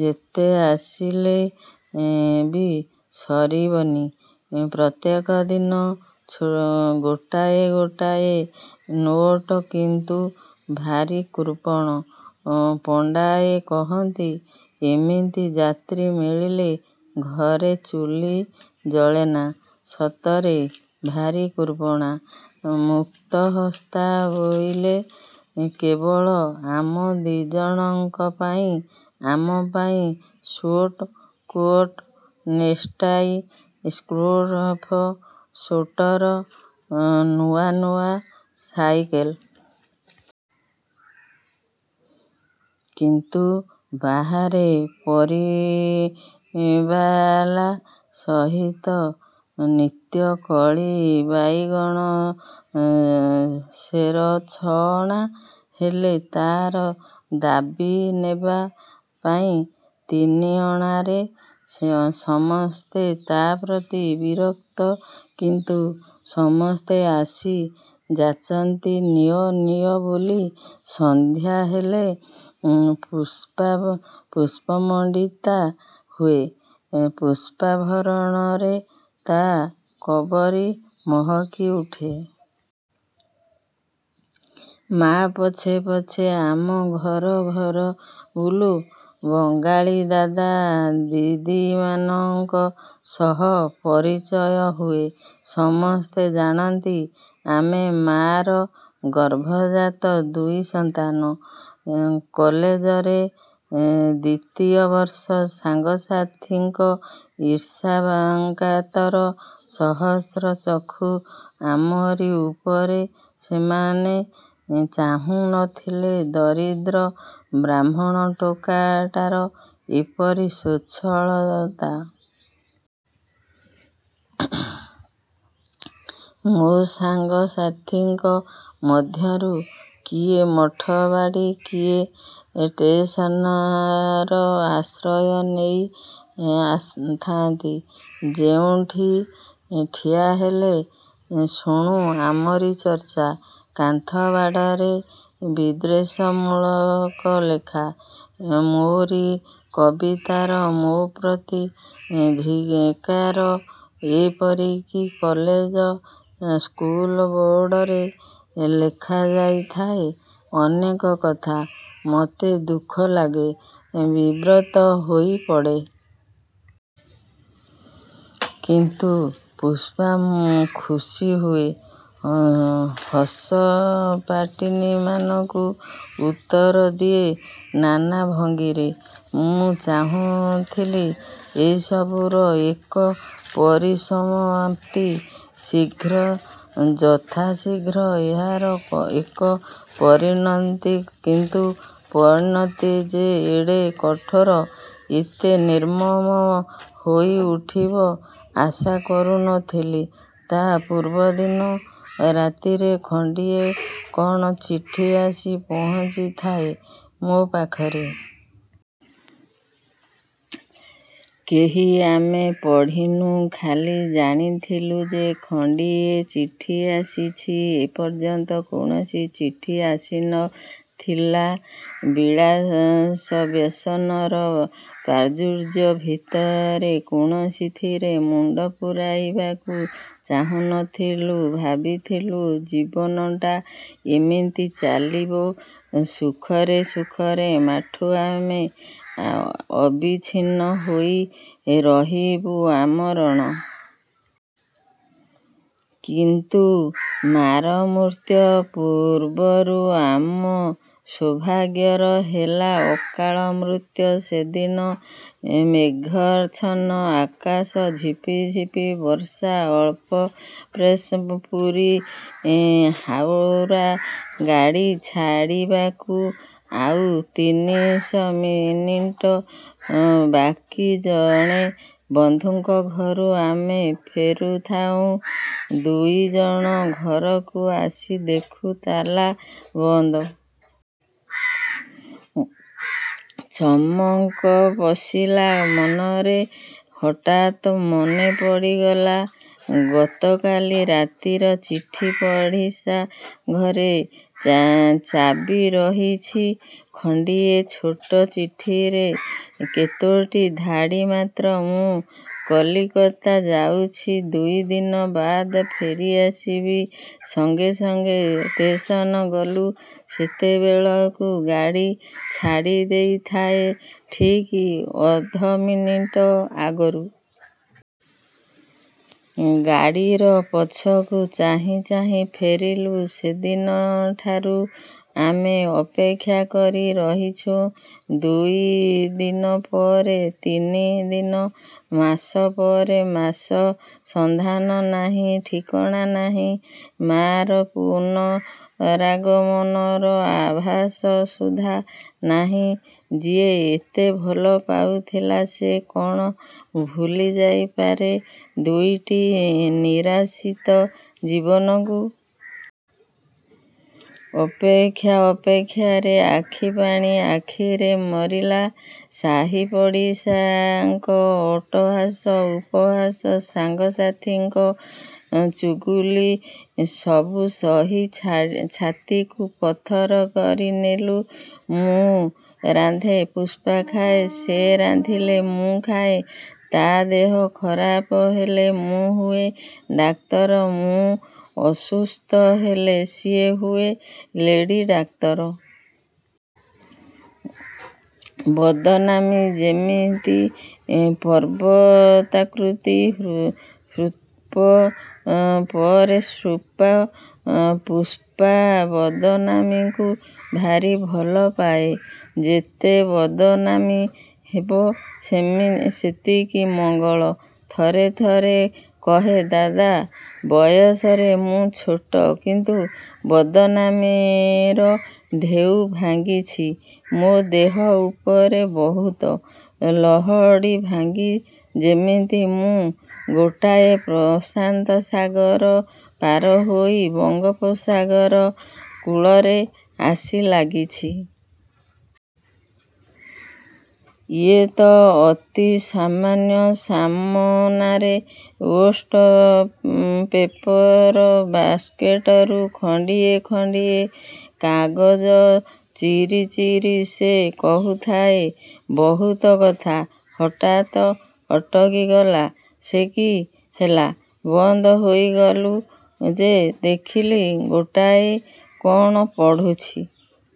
ଯେତେ ଆଣିଲେ ବି ସରିବନି। ପ୍ରତ୍ୟେକ ଦିନ ଗୋଛାଏ ଗୋଛାଏ ନୋଟ। କିନ୍ତୁ ଭାରି କୃପଣ। ପଣ୍ଡାଏ କହନ୍ତି, ଏମିତି ଯାତ୍ରୀ ମିଳିଲେ ଘରେ ଚୁଲି ଜଳେନା। ସତରେ ଭାରି କୃପଣା! ମୁକ୍ତହସ୍ତା ହୋଇଲେ କେବଳ ଆମ ଦି'ଜଣଙ୍କ ପାଇଁ। ଆମ ପାଇଁ suit, coat, necktie, scarf, sweater, ନୂଆ ନୂଆ ସାଇକେଲ। କିନ୍ତୁ ବାହାରେ ପରିବାଲା ସହିତ ନିତ୍ୟକଳି। ବାଇଗଣ ସେର ଛଅ ଅଣା ହେଲେ ତାର ଦାବୀ ନେବା ପାଇଁ ତିନି ଅଣାରେ। ସମସ୍ତେ ତା ପ୍ରତି ବିରକ୍ତ, କିନ୍ତୁ ସମସ୍ତେ ଆସି ଯାଚନ୍ତି ନିଅ ନିଅ ବୋଲି। ସନ୍ଧ୍ୟା ହେଲେ ପୁଷ୍ପା ପୁଷ୍ପମଣ୍ଡିତା ହୁଏ। ପୁଷ୍ପାଭରଣରେ ତା କବରୀ ମହକି ଉଠେ। ମା ପଛେ ପଛେ ଆମ ଘର ଘର ବୁଲୁ। ବଙ୍ଗାଳୀଦାଦା ଦିଦିମାନଙ୍କ ସହ ପରିଚୟ ହୁଏ। ସମସ୍ତେ ଜାଣନ୍ତି, ଆମେ ମା'ର ଗର୍ଭଜାତ ଦୁଇ ସନ୍ତାନ। କଲେଜରେ ଦ୍ୱିତୀୟ ବର୍ଷ। ସାଙ୍ଗସାଥିଙ୍କ ଈର୍ଷାକାତର ସହସ୍ର ଚକ୍ଷୁ ଆମରି ଉପରେ। ସେମାନେ ଚାହୁଁ ନ ଥିଲେ ଦରିଦ୍ର ବ୍ରାହ୍ମଣ ଟୋକାଟାର ଏପରି ସ୍ୱଚ୍ଛଳୟତା। ମୋ ସାଙ୍ଗସାଥିଙ୍କ ମଧ୍ୟରୁ କିଏ ମଠବାଡ଼ି, କିଏ ଟେସନର ଆଶ୍ରୟ ନେଇଥାଆନ୍ତି। ଯେଉଁଠି ଠିଆହେଲେ ଶୁଣୁ ଆମରି ଚର୍ଚ୍ଚା। କାନ୍ଥ ବାଡ଼ରେ ବିଦ୍ୱେଷମୂଳକ ଲେଖା। ମୋରି କବିତାର ମୋ ପ୍ରତି ଧିକ୍କାର। ଏପରିକି କଲେଜ ସ୍କୁଲ ବୋର୍ଡରେ ଲେଖାଯାଇଥାଏ ଅନେକ କଥା। ମତେ ଦୁଃଖ ଲାଗେ। ବିବ୍ରତ ହୋଇପଡ଼େ। କିନ୍ତୁ ପୁଷ୍ପା ଖୁସି ହୁଏ। ହସ ପାଠିନୀମାନଙ୍କୁ ଉତ୍ତର ଦିଏ ନାନା ଭଙ୍ଗୀରେ। ମୁଁ ଚାହୁଁଥିଲି ଏସବୁର ଏକ ପରିସମାପ୍ତି। ଶୀଘ୍ର ଯଥାଶୀଘ୍ର ଏହାର ଏକ ପରିଣତି। କିନ୍ତୁ ପରିଣତି ଯେ ଏଡ଼େ କଠୋର, ଏତେ ନିର୍ମମ ହୋଇଉଠିବ, ଆଶା କରୁ ନ ଥିଲି! ତା ପୂର୍ବଦିନ ରାତିରେ ଖଣ୍ଡିଏ କ'ଣ ଚିଠି ଆସି ପହଞ୍ଚିଥାଏ ମୋ ପାଖରେ। କେହି ଆମେ ପଢ଼ିନୁ। ଖାଲି ଜାଣିଥିଲୁ ଯେ ଖଣ୍ଡିଏ ଚିଠି ଆସିଛି। ଏପର୍ଯ୍ୟନ୍ତ କୌଣସି ଚିଠି ଆସି ନ ଥିଲା। ବିଳାସବ୍ୟସନର ପ୍ରାଚୁର୍ଯ୍ୟ ଭିତରେ କୌଣସିଥିରେ ମୁଣ୍ଡ ପୂରାଇବାକୁ ଚାହୁଁ ନ ଥିଲୁ। ଭାବିଥିଲୁ ଜୀବନଟା ଇମିତି ଚାଲିଯିବ ସୁଖରେ ସୁଖରେ। ମା'ଠୁ ଆମେ ଅବିଚ୍ଛିନ୍ନ ହୋଇ ରହିବୁ ଆମରଣ। କିନ୍ତୁ ମା'ର ମୃତ୍ୟ ପୂର୍ବରୁ ଆମ ସୌଭାଗ୍ୟର ହେଲା ଅକାଳ ମୃତ୍ୟ। ସେଦିନ ମେଘାଚ୍ଛନ୍ନ ଆକାଶ। ଝିପି ଝିପି ବର୍ଷା। ଅଳ୍ପ ପ୍ରେସ ପୁରୀ ହାଉରା ଗାଡ଼ି ଛାଡ଼ିବାକୁ ଆଉ ତିରିଶ ମିନିଟ ବାକୀ। ଜଣେ ବନ୍ଧୁଙ୍କ ଘରୁ ଆମେ ଫେରୁଥାଉ ଦୁଇଜଣ। ଘରକୁ ଆସି ଦେଖୁ, ତାଲା ବନ୍ଦ। ଚମକ ପଶିଲା ମନରେ। ହଠାତ୍ ମନେ ପଡ଼ିଗଲା ଗତକାଲି ରାତିର ଚିଠି। ପଡ଼ିଶା ଘରେ ଚାବି ରହିଛି” ଖଣ୍ଡିଏ ଛୋଟ ଚିଠିରେ କେତୋଟି ଧାଡ଼ି ମାତ୍ର। ମୁଁ କଲିକତା ଯାଉଚି, ଦୁଇଦିନ ବାଦ୍ ଫେରିଆସିବି। ସଙ୍ଗେ ସଙ୍ଗେ ଷ୍ଟେସନ ଗଲୁ। ସେତେବେଳକୁ ଗାଡ଼ି ଛାଡ଼ି ଦେଇଥାଏ ଠିକ୍ ଅଧ ମିନିଟ ଆଗରୁ। ଗାଡ଼ିର ପଛକୁ ଚାହିଁ ଚାହିଁ ଫେରିଲୁ। ସେହିଦିନଠାରୁ ଆମେ ଅପେକ୍ଷା କରି ରହିଚୁ। ଦୁଇ ଦିନପରେ ତିନି ଦିନ, ମାସ ପରେ ମାସ। ସନ୍ଧାନ ନାହିଁ, ଠିକଣା ନାହିଁ। ମା'ର ପୁନରାଗମନର ଆଭାସ ସୁଦ୍ଧା ନାହିଁ। ଯିଏ ଏତେ ଭଲ ପାଉଥିଲା, ସେ କ'ଣ ଭୁଲିଯାଇପାରେ ଦୁଇଟି ନିରାସିତ ଜୀବନକୁ? ଅପେକ୍ଷା ଅପେକ୍ଷାରେ ଆଖିପାଣି ଆଖିରେ ମରିଲା। ସାହିପଡ଼ିଶାଙ୍କ ଅଟ୍ଟହାସ, ଉପହାସ, ସାଙ୍ଗସାଥିଙ୍କ ଚୁଗୁଲି ସବୁ ସହି ଛାତିକୁ ପଥର କରିନେଲୁ। ମୁଁ ରାନ୍ଧେ, ପୁଷ୍ପା ଖାଏ; ସେ ରାନ୍ଧିଲେ ମୁଁ ଖାଏ। ତାର ଦେହ ଖରାପ ହେଲେ ମୁଁ ହୁଏ ଡାକ୍ତର। ମୁଁ ଅସୁସ୍ଥ ହେଲେ ସେ ହୁଏ ଲେଡି ଡାକ୍ତର। ବଦନାମି ଯେମିତି ପର୍ବତାକୃତି। ସ୍ତୂପ ପରେ ସ୍ତୂପ। ପୁଷ୍ପା ବଦନାମିକୁ ଭାରି ଭଲ ପାଏ। ଯେତେ ବଦନାମି ହେବ, ସେତିକି ମଙ୍ଗଳ। ଥରେ ଥରେ କହେ ଦାଦା, ବୟସରେ ମୁଁ ଛୋଟ; କିନ୍ତୁ ବଦନାମିର ଢେଉ ଭାଙ୍ଗିଚି ମୋ ଦେହ ଉପରେ ବହୁତ। ଲହଡ଼ି ଭାଙ୍ଗି ଯେମିତି ମୁଁ ଗୋଟାଏ ପ୍ରଶାନ୍ତସାଗର ପାରହୋଇ ବଙ୍ଗୋପସାଗର କୂଳରେ ଆସି ଲାଗିଚି। ଇଏ ତ ଅତି ସାମାନ୍ୟ।” ସାମନାରେ ଓଷ୍ଟ ପେପର ବାସ୍କେଟରୁ ଖଣ୍ଡିଏ ଖଣ୍ଡିଏ କାଗଜ ଚିରି ଚିରି ସେ କହୁଥାଏ ବହୁତ କଥା। ହଠାତ୍ ଅଟକିଗଲା ସେ। କି ହେଲା, ବନ୍ଦ ହୋଇଗଲୁ ଯେ? ଦେଖିଲି ଗୋଟାଏ କ'ଣ ପଢ଼ୁଛି।